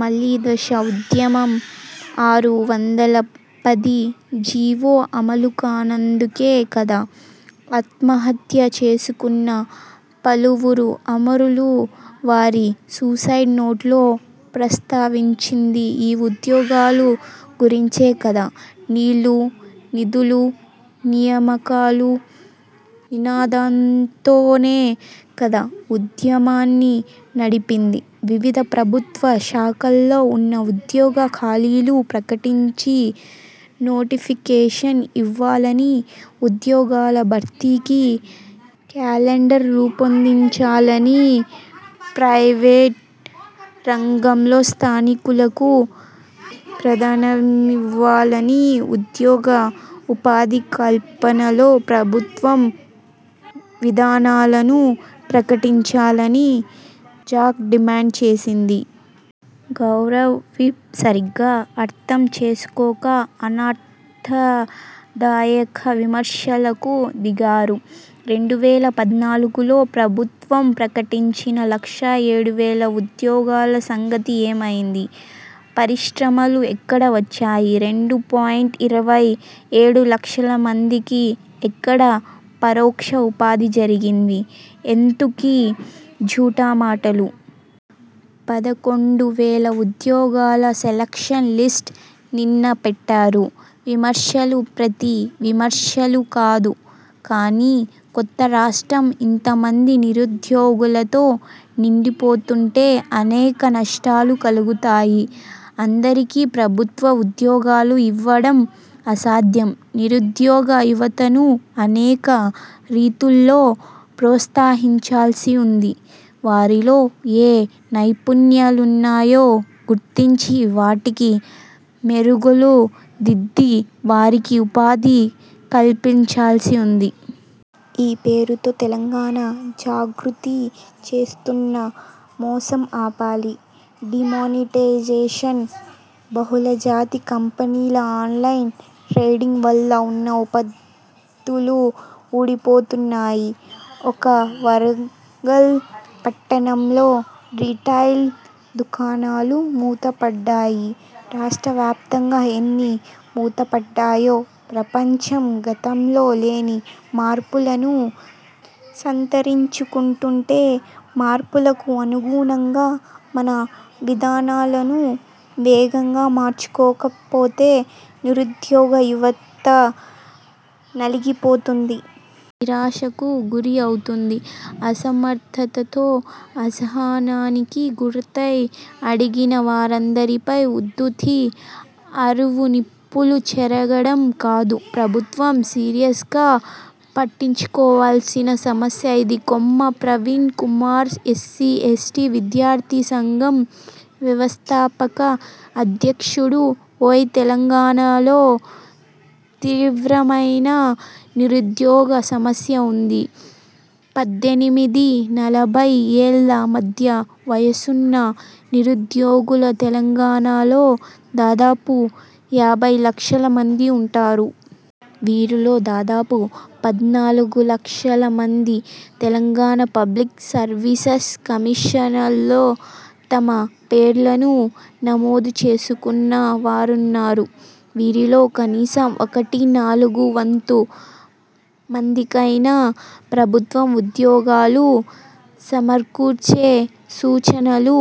మలిదశ ఉద్యమం ఆరు వందల పది జీవో అమలుకానందుకే కదా! ఆత్మహత్య చేసుకున్న పలువురు అమరులు వారి సూసైడ్ నోట్లు ప్రస్తావించింది ఈ ఉద్యోగాల గురించే కదా! 'నీళ్ళు, నిధులు, నియామకాలు' నినాదంతోనే కదా ఉద్యమాన్ని నడిపింది. 'వివిధ ప్రభుత్వ శాఖల్లో ఉన్న ఉద్యోగ ఖాళీలు ప్రకటించి, నోటిఫికేషన్ ఇవ్వాలనీ, ఉద్యోగాల భర్తీకి క్యాలెండర్ రూపొందించాలనీ, ప్రయివేటు రంగంలో స్థానికులకు ప్రాధాన్యమివ్వాలనీ, ఉద్యోగ ఉపాధి కల్పనలో ప్రభుత్వం విధానాలను ప్రకటించాలనీ' జాక్ డిమాండ్ చేసింది. గౌరవ విప్ సరిగా అర్థం చేసుకోక అనర్థదాయక విమర్శలకు దిగారు. రెండు వేల పద్నాలుగులో ప్రభుత్వం ప్రకటించిన లక్ష ఏడు వేల ఉద్యోగాల సంగతి ఏమైంది? పరిశ్రమలు ఎక్కడ వచ్చాయి. రెండు పాయింట్ ఇరవై ఏడు లక్షల మందికి ఎక్కడ పరోక్ష ఉపాధి జరిగింది? ఎందుకీ జూఠామాటలు. పదకొండు వేల ఉద్యోగాల సెలక్షన్ లిస్ట్ నిన్న పెట్టారు. విమర్శలు ప్రతి విమర్శలు కాదు కానీ, కొత్త రాష్ట్రం ఇంతమంది నిరుద్యోగులతో నిండిపోతుంటే అనేక నష్టాలు కలుగుతాయి. అందరికీ ప్రభుత్వ ఉద్యోగాలు ఇవ్వడం అసాధ్యం. నిరుద్యోగ యువతను అనేక రీతుల్లో ప్రోత్సహించాల్సి ఉంది. వారిలో ఏ నైపుణ్యాలున్నాయో గుర్తించి వాటికి మెరుగులు దిద్ది వారికి ఉపాధి కల్పించాల్సి ఉంది. ఈ పేరుతో తెలంగాణ జాగృతి చేస్తున్న మోసం ఆపాలి. డీమానిటైజేషన్, బహుళజాతి కంపెనీల ఆన్లైన్ ట్రేడింగ్ వల్ల ఉన్న ఉపాధులు ఊడిపోతున్నాయి. ఒక్క వరంగల్ పట్టణంలో రిటైల్ దుకాణాలు మూతపడ్డాయి. రాష్ట్రవ్యాప్తంగా ఎన్ని మూతపడ్డాయో. ప్రపంచం గతంలో లేని మార్పులను సంతరించుకుంటుంటే మార్పులకు అనుగుణంగా మన విధానాలను వేగంగా మార్చుకోకపోతే నిరుద్యోగ యువత నలిగిపోతుంది. నిరాశకు గురి అవుతుంది. అసమర్థతతో అసహనానికి గురై అడిగిన వారందరిపై ఉత్తుత్తి అరువు నిప్పులు చెరగడం కాదు, ప్రభుత్వం సీరియస్గా పట్టించుకోవలసిన సమస్య ఇది. కొమ్ము ప్రవీణ్ కుమార్ఎస్సీ, ఎస్టీ విద్యార్థి సంఘం వ్యవస్థాపక అధ్యక్షుడు, ఓయూ తెలంగాణలో తీవ్రమైన నిరుద్యోగ సమస్య ఉంది. పద్దెనిమిది–నలభై ఏళ్ళ మధ్య వయసున్న నిరుద్యోగులు తెలంగాణలో దాదాపు యాభై లక్షల మంది ఉంటారు. వీరిలో దాదాపు పద్నాలుగులక్షల మంది తెలంగాణ పబ్లిక్ సర్వీసెస్ కమిషన్లో తమ పేర్లను నమోదు చేసుకున్న వారున్నారు. వీరిలో కనీసం ఒకటి/నాలుగు వంతు మందికైనా ప్రభుత్వం ఉద్యోగాలు సమకూర్చే సూచనలు